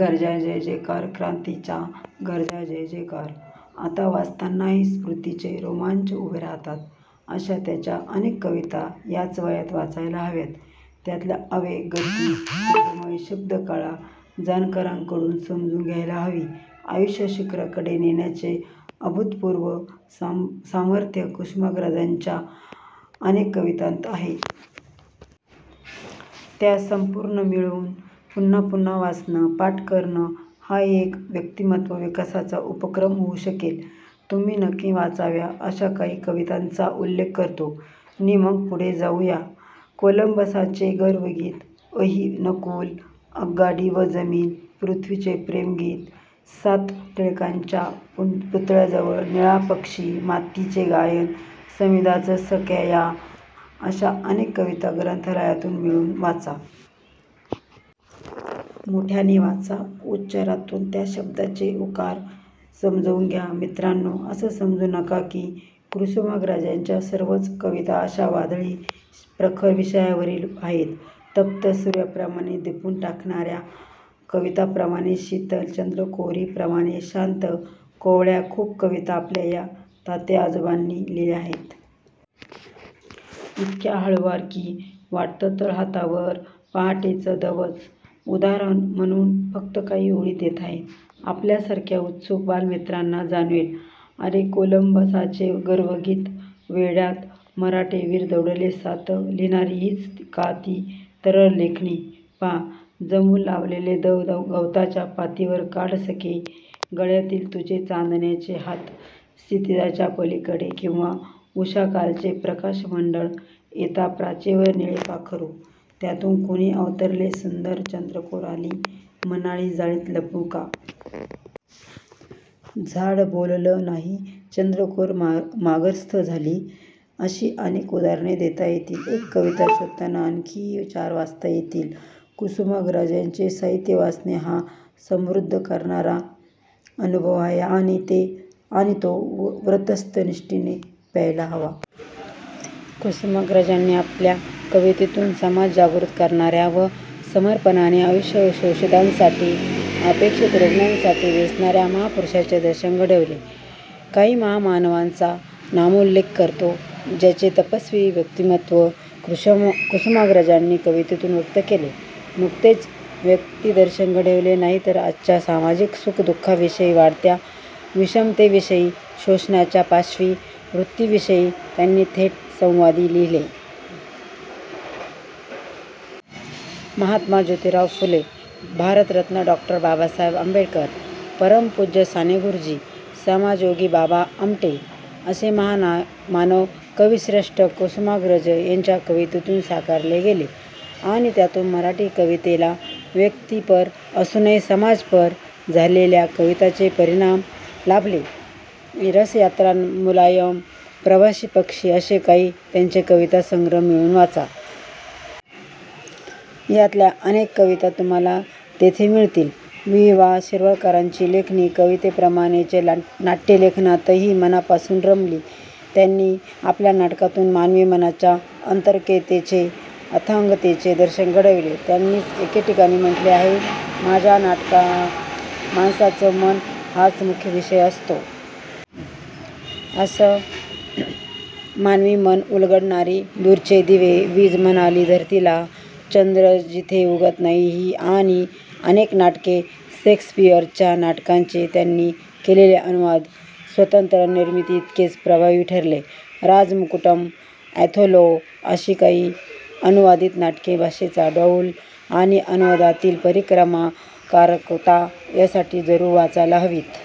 गर्जा जयजयकार क्रांतीचा गर्जा जयजयकार! ' आता वाचतानाही स्फूर्तीचे रोमांच उभे राहतात, अशा त्यांच्या अनेक कविता याच वयात वाचायला हव्यात. त्यातला आवेग, गती, तेजोमय शब्दकळा जाणकारांकडून समजून घ्यायला हवी. आयुष्य शिखराकडे नेण्याचे अभूतपूर्व सामर्थ्य कुसुमाग्रजांच्या अनेक कवितांत आहे. त्या संपूर्ण मिळवून पुन्हापुन्हा वाचणं, पाठ करणं हाही एक व्यक्तिमत्त्व विकासाचा उपक्रम होऊ शकेल. तुम्ही नक्की वाचाव्या, अशा काही कवितांचा उल्लेख करतो नि मग पुढे जाऊ या. 'कोलंबसाचे गर्वगीत', 'अहि-नकूल', 'आगगाडी व जमीन', 'पृथ्वीचे प्रेमगीत', 'सात', 'टिळकांच्या पुतळ्याजवळ', 'निळा पक्षी', 'मातीचे गायन', 'समिधाच सख्या या', अशा अनेक कविता ग्रंथालयांतून मिळवून वाचा. मोठ्याने वाचा. उच्चारातून त्या शब्दांचे हुंकार समजून घ्या! मित्रांनो, असं समजू नका, की कुसुमाग्रजांच्या सर्वच कविता अशा वादळी, प्रखर विषयावरील आहेत. तप्त सूर्याप्रमाणे दिपवून टाकणा-या कवितांप्रमाणे शीतल चंद्रकोरीप्रमाणे शांत-कोवळ्या खूप कविता आपल्या ह्या तात्याआजोबांनी लिहिल्या आहेत. इतक्या हळुवार; की वाटतं तळहातावर पहाटेचं दवच! उदाहरण म्हणून फक्त काही ओळी देत आहे. आपल्यासारख्या उत्सुक बालमित्रांना जाणवेल, अरे, 'कोलंबसाचे गर्वगीत' 'वेडात मराठे वीर दौडले सात' लिहिणारी हीच का ती तरल लेखणी? पाहा – जमू लागलेले दव गवताच्या पातीवर काढ सखे, गळ्यातील तुझे चांदण्याचे हात क्षितिजाच्या पलीकडे किंवा 'उष:कालचे प्रकाशमंडळ येता प्राचीवर निळे पाखरू त्यांतून कोणी अवतरले सुंदर' चंद्रकोर आली, म्हणाली, जाळीत लपू का? झाड बोललं नाही चंद्रकोर मार्गस्थ झाली... ' अशी अनेक उदाहरणे देता येतील. एक कविता शोधताना आणखीही चार वाचता येतील. कुसुमाग्रजांचे साहित्य वाचणे हा समृद्ध करणारा अनुभव आहे आणि तो व्रतस्थ निष्ठेने प्यायला हवा. कुसुमाग्रजांनी आपल्या कवितेतून समाज जागृत करणा-या व समर्पणाने आयुष्य शोषितांसाठी, उपेक्षित रुग्णांसाठी वेचणा-या महापुरुषांचे दर्शन घडवले. काही महामानवांचा नामोल्लेख करतो, ज्यांचे तपस्वी व्यक्तिमत्त्व कुसुमाग्रजांनी कवितेतून व्यक्त केले. नुसतेच व्यक्तिदर्शन घडवले नाही, तर आजच्या सामाजिक सुख-दु:खांविषयी, वाढत्या विषमतेविषयी, शोषणाच्या पाशवी वृत्तीविषयी त्यांनी थेट संवादी लिहिले. महात्मा ज्योतीराव फुले, भारतरत्न डॉ. बाबासाहेब आंबेडकर, परमपूज्य साने गुरुजी, समाजयोगी बाबा आमटे असे महामानव कविश्रेष्ठ कुसुमाग्रज यांच्या कवितेतून साकारले गेले; आणि त्यातून मराठी कवितेला व्यक्तिपर असूनही समाजपर झालेल्या कवितांचे परिमाण लाभले. 'रसयात्रा' 'मुक्तायन', 'प्रवासी पक्षी' असे काही त्यांचे कवितासंग्रह मिळवून वाचा. यातल्या अनेक कविता तुम्हांला तेथे मिळतील. वि. वा. शिरवाडकरांची लेखणी कवितेप्रमाणेच नाट्यलेखनातही मनापासून रमली. त्यांनी आपल्या नाटकांतून मानवी मनाच्या अतर्क्यतेचे, अथांगतेचे दर्शन घडवले. त्यांनीच एके ठिकाणी म्हटले आहे 'माझ्या नाटकात माणसाचं मन हाच मुख्य विषय असतो. ' असं मानवी मन उलगडणारी- 'दूरचे दिवे', 'वीज म्हणाली धरतीला', 'चंद्र जिथे उगवत नाही' ही आणि अनेक नाटके. शेक्सपिअरच्या नाटकांचे त्यांनी केलेले अनुवाद, स्वतंत्र निर्मितीइतकेच प्रभावी ठरले. राजमुकुटम, ऑथेल्लो अशी काही अनुवादित नाटके भाषेचा डौल आणि अनुवादातील परिणामकारकता यासाठी जरूर वाचायला हवीत.